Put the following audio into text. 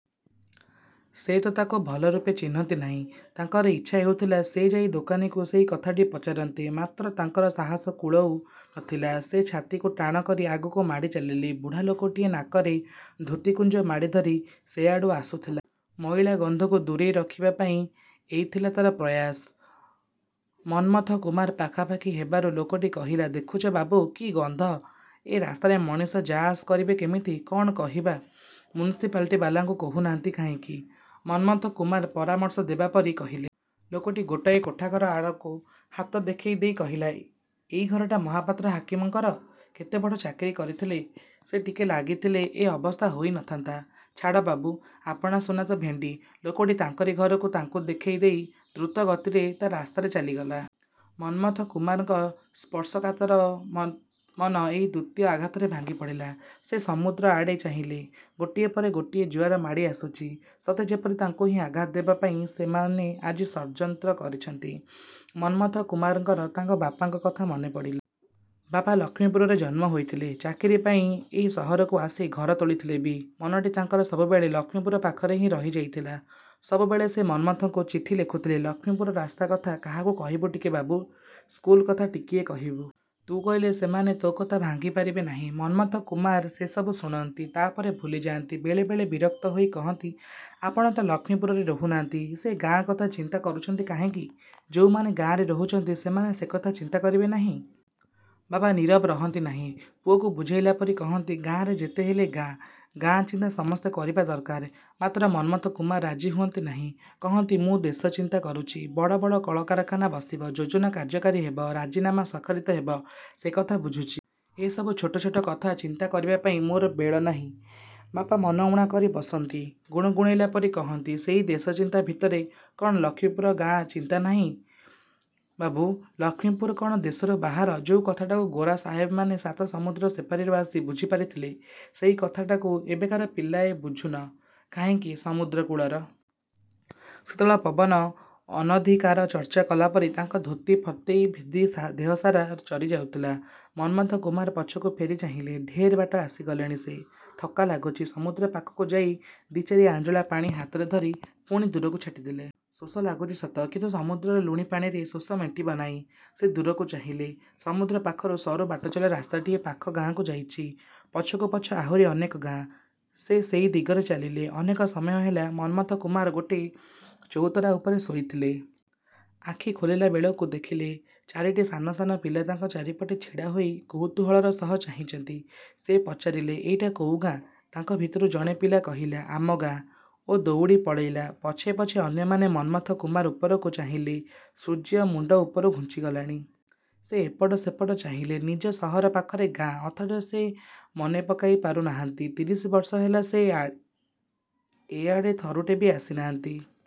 ସେ ତ ତାକୁ ଭଲ ରୂପେ ଚିହ୍ନନ୍ତି ନାହିଁ! ତାଙ୍କର ଇଚ୍ଛା ହେଉଥିଲା, ସେ ଯାଇ ଦୋକାନୀକୁ ସେଇ କଥାଟି ପଚାରନ୍ତେ। ମାତ୍ର ତାଙ୍କର ସାହସ କୁଳଉ ନଥିଲା। ସେ ଛାତିକୁ ଟାଣ କରି ଆଗକୁ ମାଡ଼ି ଚାଲିଲେ। ବୁଢ଼ା ଲୋକଟିଏ ନାକରେ ଧୋତିକୁଞ୍ଚ ମାଡ଼ିଧରି ସେଆଡ଼ୁ ଆସୁଥିଲା। ମଇଳା ଗନ୍ଧକୁ ଦୂରେଇ ରଖିବା ପାଇ ଏଇ ଥିଲା ତାର ପ୍ରୟାସ। ମନ୍ମଥ କୁମାର ପାଖାପାଖି ହେବାରୁ ଲୋକଟି କହିଲା, "ଦେଖୁଛ ବାବୁ, କି ଗନ୍ଧ! ଏ ରାସ୍ତାରେ ମଣିଷ ଯା ଆସ କରିବେ କେମିତି?" "କଣ କହିବା! ମ୍ୟୁନିସିପାଲିଟିବାଲାଙ୍କୁ କହୁନାହାନ୍ତି କାହିଁକି?" ମନ୍ମଥ କୁମାର ପରାମର୍ଶ ଦେବା ପରି କହିଲେ। ଲୋକଟି ଗୋଟାଏ କୋଠାଘର ଆଡ଼କୁ ହାତ ଦେଖେଇ ଦେଇ କହିଲା, "ଏଇ ଘରଟା ମହାପାତ୍ର ହାକିମଙ୍କର। କେତେ ବଡ଼ ଚାକିରି କରିଥିଲେ! ସିଏ ଟିକେ ଲାଗିଥିଲେ ଏ ଅବସ୍ଥା ହୋଇନଥାନ୍ତା! ଛାଡ଼ ବାବୁ । ଆପଣା ସୁନା ତ ଭେଣ୍ଡି!" ଲୋକଟି ତାଙ୍କରି ଘରକୁ ତାଙ୍କୁ ଦେଖେଇ ଦେଇ ଦ୍ରୁତ ଗତିରେ ତା ରାସ୍ତାରେ ଚାଲିଗଲା। ମନ୍ମଥ କୁମାରଙ୍କ ସ୍ପର୍ଶକାତର ମନ ଏଇ ଦ୍ୱିତୀୟ ଆଘାତରେ ଭାଙ୍ଗିପଡ଼ିଲା। ସେ ସମୁଦ୍ର ଆଡ଼େ ଚାହିଁଲେ। ଗୋଟିଏ ପରେ ଗୋଟିଏ ଜୁଆର ମାଡ଼ି ଆସୁଛି। ସତେ ଯେମିତି ତାଙ୍କୁ ହିଁ ଆଘାତ ଦେବା ପାଇଁ ସେମାନେ ଆଜି ଷଡଯନ୍ତ୍ର କରିଛନ୍ତି। ମନ୍ମଥ କୁମାରଙ୍କର ତାଙ୍କ ବାପାଙ୍କ କଥା ମନେ ପଡ଼ିଲା। ବାପା ଲକ୍ଷ୍ମୀପୁରରେ ଜନ୍ମ ହୋଇଥିଲେ। ଚାକିରି ପାଇଁ ଏଇ ସହରକୁ ଆସି ଘର ତୋଳିଥିଲେ ବି ମନଟି ତାଙ୍କର ସବୁବେଳେ ଲକ୍ଷ୍ମୀପୁର ପାଖରେ ହିଁ ରହିଯାଇଥିଲା। ସବୁବେଳେ ସେ ମନ୍ମଥଙ୍କୁ ଚିଠି ଲେଖୁଥିଲେ, "ଲକ୍ଷ୍ମୀପୁର ରାସ୍ତା କଥା କାହାକୁ କହିବୁ ଟିକେ ବାବୁ, ସ୍କୁଲ କଥା ଟିକିଏ କହିବୁ। ତୁ କହିଲେ ସେମାନେ ତୋ କଥା ଭାଙ୍ଗିପାରିବେ ନାହିଁ।" ମନ୍ମଥ କୁମାର ସେସବୁ ଶୁଣନ୍ତି, ତାପରେ ଭୁଲିଯାଆନ୍ତି। ବେଳେ ବେଳେ ବିରକ୍ତ ହୋଇ କହନ୍ତି, "ଆପଣ ତ ଲକ୍ଷ୍ମୀପୁରରେ ରହୁନାହାନ୍ତି। ସେ ଗାଁ କଥା ଚିନ୍ତା କରୁଛନ୍ତି କାହିଁକି? ଯୋଉମାନେ ଗାଁରେ ରହୁଛନ୍ତି ସେମାନେ ସେକଥା ଚିନ୍ତା କରିବେ ନାହିଁ!" ବାପା ନିରବ ରହନ୍ତି ନାହିଁ। ପୁଅକୁ ବୁଝେଇଲା ପରି କହନ୍ତି, "ଗାଁ ଯେତେହେଲେ ଗାଁ। ଗାଁ ଚିନ୍ତା ସମସ୍ତେ କରିବା ଦରକାର।"ମାତ୍ର ମନ୍ମଥ କୁମାର ରାଜି ହୁଅନ୍ତି ନାହିଁ। କହନ୍ତି, "ମୁଁ ଦେଶ ଚିନ୍ତା କରୁଛି। ବଡ଼ ବଡ଼ କଳକାରଖାନା ବସିବ, ଯୋଜନା କାର୍ଯ୍ୟକାରୀ ହେବ, ରାଜିନାମା ସ୍ୱାକ୍ଷରିତ ହେବ, ସେକଥା ବୁଝୁଛି। ଏସବୁ ଛୋଟ ଛୋଟ କଥା ଚିନ୍ତା କରିବା ପାଇଁ ମୋର ବେଳ ନାହିଁ।"ବାପା ମନ ଊଣା କରି ବସନ୍ତି। ଗୁଣୁଗୁଣେଇଲା ପରି କହନ୍ତି, "ସେଇ ଦେଶ ଚିନ୍ତା ଭିତରେ କଣ ଲକ୍ଷ୍ମୀପୁର ଗାଁର ଚିନ୍ତା ନାହିଁ ବାବୁ? ଲକ୍ଷ୍ମୀପୁର କଣ ଦେଶରୁ ବାହାର? ଯୋଉ କଥାଟାକୁ ଗୋରା ସାଇବମାନେ ସାତ ସମୁଦ୍ର ସେପାରିରୁ ଆସି ବୁଝିପାରିଥିଲେ ସେଇ କଥାଟିକୁ ଏବକାର ପିଲାଏ ବୁଝୁନ କାହିଁକି?"ସମୁଦ୍ରକୂଳର ଶୀତଳ ପବନ ଅନଧିକାର ଚର୍ଚ୍ଚା କଲା ପରି ତାଙ୍କ ଧୋତି, ଫତେଇ ଭେଦି ଦେହସାରା ଚରିଯାଉଥିଲା। ମନ୍ମଥ କୁମାର ପଛକୁ ଫେରି ଚାହିଁଲେ। ଢେର୍ ବାଟ ଆସିଗଲେଣି ସେ। ଥକ୍କା ଲାଗୁଛି। ସମୁଦ୍ର ପାଖକୁ ଯାଇ ଦି' ଚାରି ଆଞ୍ଜୁଳା ପାଣି ହାତରେ ଧରି ପୁଣି ଦୂରକୁ ଛାଟିଦେଲେ। ଶୋଷ ଲାଗୁଛି ସତ, କିନ୍ତୁ ସମୁଦ୍ରର ଲୁଣି ପାଣିରେ ଶୋଷ ମେଣ୍ଟିବ ନାହିଁ। ସେ ଦୂରକୁ ଚାହିଁଲେ, ସମୁଦ୍ର ପାଖରୁ ସରୁ ବାଟଚଲା ରାସ୍ତାଟିଏ ପାଖ ଗାଁକୁ ଯାଇଛି। ପଛକୁ ପଛ ଆହୁରି ଅନେକ ଗାଁ। ସେ ସେଇ ଦିଗରେ ଚାଲିଲେ। ଅନେକ ସମୟ ହେଲା ମନ୍ମଥ କୁମାର ଗୋଟେ ଚଉତରା ଉପରେ ଶୋଇଥିଲେ। ଆଖି ଖୋଲିଲାବେଳକୁ ଦେଖିଲେ, ଚାରିଟି ସାନ ସାନ ପିଲା ତାଙ୍କ ଚାରିପଟେ ଛିଡ଼ାହୋଇ କୌତୂହଳର ସହ ଚାହିଁଛନ୍ତି। ସେ ପଚାରିଲେ, "ଏଇଟା କୋଉ ଗାଁ?"ତାଙ୍କ ଭିତରୁ ଜଣେ ପିଲା କହିଲା, "ଆମ ଗାଁ" ଓ ଦଉଡ଼ି ପଳେଇଲା। ପଛେ ପଛେ ଅନ୍ୟମାନେ। ମନ୍ମଥ କୁମାର ଉପରକୁ ଚାହିଁଲେ, ସୂର୍ଯ୍ୟ ମୁଣ୍ଡ ଉପରୁ ଘୁଞ୍ଚିଗଲାଣି। ସେ ଏପଟ ସେପଟ ଚାହିଁଲେ। ନିଜ ସହର ପାଖର ଗାଁ, ଅଥଚ ସେ ନାଁ ମନେପକେଇ ପାରୁ ନାହାନ୍ତି। ତିରିଶ ବର୍ଷ ହେଲା ସେ ଏ ଆଡ଼େ ଥରୁଟେ ବି ଆସିନାହାନ୍ତି।